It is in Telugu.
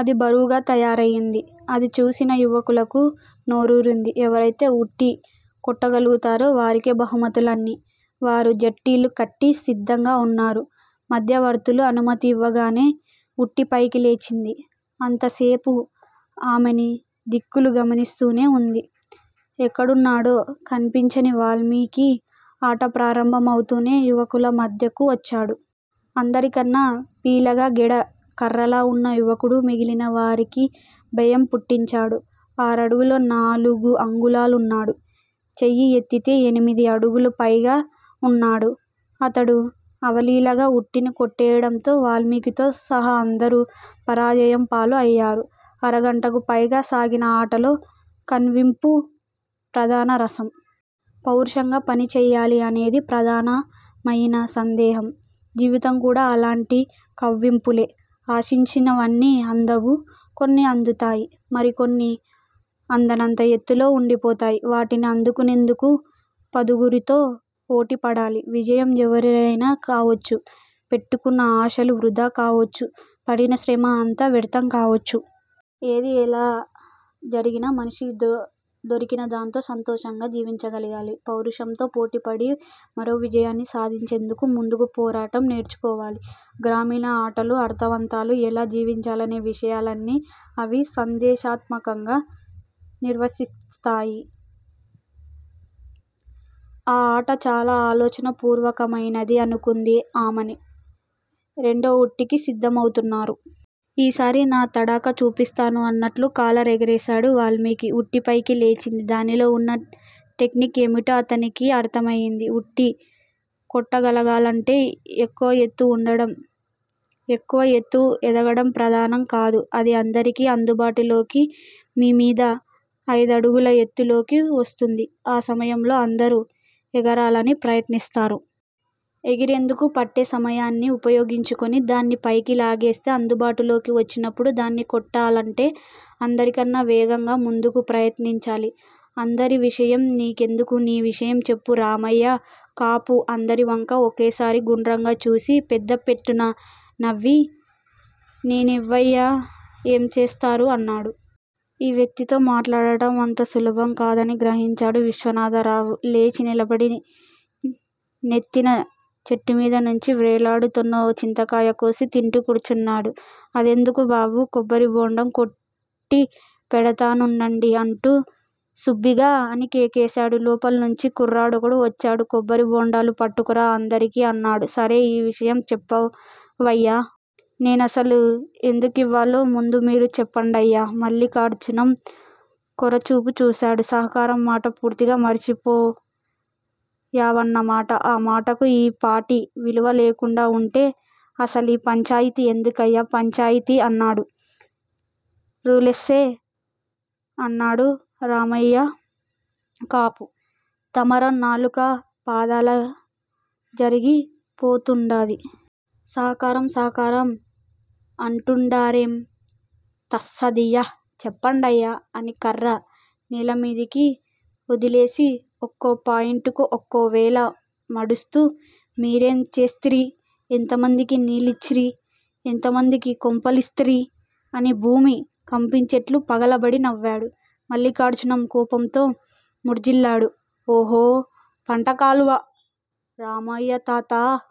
అది బరువుగా తయారయింది. అది చూసిన యువకులకు నోరూరింది. ఎవరైతే ఉట్టి కొట్టగలుగుతారో వారికే బహుమతులన్నీ. వారు జట్టీలు కట్టి సిద్ధంగా వున్నారు. మధ్యవర్తులు అనుమతి ఇవ్వగానే ఉట్టి పైకిలేచింది. అంతసేపూ ఆమని దిక్కులు గమనిస్తూనే వుంది. ఎక్కడున్నాడో కన్పించని వాల్మీకి ఆట ప్రారంభం అవుతూనే యువకుల మధ్యకు వచ్చాడు. అందరికన్నా పీలగా గెడ కర్రలా వున్న యువకుడు మిగిలిన వారికి భయం పుట్టించాడు. ఆరడుగుల నాలుగు అంగుళాలున్నాడు. చెయ్యి ఎత్తితే ఎనిమిది అడుగులు పైగా వున్నాడు. అతడు అవలీలగా ఉట్టిని కొట్టేయడంతో వాల్మీకితో సహా అందరూ పరాజయం పాలు అయ్యారు. అరగంటకు పైగా సాగిన ఆటలో కవ్వింపు ప్రధాన రసం! పౌరుషంగా పనిచేయాలి అనేది ప్రధానమయిన సందేహం! జీవితం కూడ అలాంటి కవ్వింపులే! ఆశించినవన్నీ అందవు. కొన్ని అందుతాయి. మరికొన్ని అందనంత ఎత్తులో ఉండిపోతాయి. వాటిని అందుకునేందుకు పదుగురితో పోటీపడాలి. విజయం ఎవరైనా కావచ్చు. పెట్టుకున్న ఆశలు వృధా కావచ్చు. పడిన శ్రమ అంతా వ్యర్ధం కావచ్చు. ఏది ఎలా జరిగినా మనిషి దొ దొరికిన దాంతో సంతోషంగా జివించగలగాలి! పౌరుషంతో పోటీపడి మరో విజయాన్ని సాధించేందుకు ముందుకు పోరాటం నేర్చుకోవాలి! గ్రామీణు ఆటలు అర్ధవంతాలు!! ఎలా జీవించాలనే విషయాలన్ని అవి సందేశాత్మకంగా నిర్వచిస్తాయి. ఈ ఆట చాల ఆలోచనా పూర్వకమయినది అనుకుంది ఆమని!! రెండో ఉట్టికి సిద్ధమవుతున్నారు. ఈసారి నా తడాఖా చూపిస్తాను అన్నట్లు కాలర్ ఎగురవేశాడు వాల్మీకి! ఉట్టిపైకి లేచింది. దానిలో ఉన్న టెక్నిక్ ఏమిటో అతనికి అర్ధమయింది. ఉట్టి కొట్టగలగాలంటే ఎక్కువ ఎత్తు ఉండటం ఎక్కువ ఎత్తు ఎదగటం ప్రధానంకాదు. అది అందరికి అందుబాటులోకి మీమీద అయిదడుగుల ఎత్తులోకి వస్తుంది. ఆ సమయంలో అందరూ ఎగరాలని ప్రయత్నిస్తారు. ఎగిరేందుకు పట్టే సమయాన్ని ఉపయోగించుకుని దాన్ని పైకి లాగేస్తే అందుబాటులోకి వచ్చినప్పుడు దాన్ని కొట్టాలంటే అందరికన్నా వేగంగా ముందుగా ప్రయత్నించాలి! అందరివిషయం నీకెందుకు? నీ విషయం చెప్పు? రామయ్య కాపు అందరివంకా ఓసారి గుండ్రంగా చూసి, పెద్దపెట్టున నవ్వి 'నేనివ్వయ్యా, ఏం చేస్తారు? ' అన్నాడు. ఈ వ్యక్తితో మాట్లాడటం అంత సులభంకాదని గ్రహించాడు విశ్వవనాథరావు. లేచినిలబడి నెత్తిన చెట్టుమీదనుంచి వ్రేలాడుతోన్న ఓ చింతకాయ కోసి తింటూ కూర్చున్నాడు. అదెందుకు బాబూ? కొబ్బరిబోండాం కొట్టిపెడతానుండండి అంటూ సుబ్బిగా అని కేకేశాడు. లోపలినుంచి కుర్రాడొకడు వచ్చాడు. కొబ్బరిబోండాలు పట్టుకురా అందరికీ' అన్నాడు. సరే! ఈ విషయం చెప్పవయ్యా? నేనసలు ఎందుకివ్వాలో ముందు మీరు చెప్పండయ్యా? మల్లిఖార్జునం కోరచూపు చూశాడు. 'సహకారం మాట పూర్తిగా మరిచిపో యావన్నమాట. మా మాటకు ఈ పాటి విలువలేకుండా వుంటే అసలీ పంచాయితీ ఎందుకయ్యా, పంచాయితీ? ' అన్నాడు. రూలసే! అన్నాడు రామయ్యకాపు. 'దరమం నాలుగు పాదాలా జరిగి పోతుండాది. సహకారం సహకారం అంటుండారేం. తస్సదియ్యా చెప్పండయ్యా? అని కర్ర నేలమీదికి ఒదిలేసి ఒక్కోపాయింటుకూ ఒక్కో వేల ముడుస్తూ 'మీరేం చేస్తిరీ, ఎంతమందికి నీళ్ళిచ్చిరీ, ఎంతమంది కొంపల్దీసిరీ' అని భూమి కంపించేటట్లు పగలబడి నవ్వాడు. మల్లిఖార్జునం కోపంతో మూర్జిల్లాడు. ఓహో, పంటకాలవ? రామయ్యతాత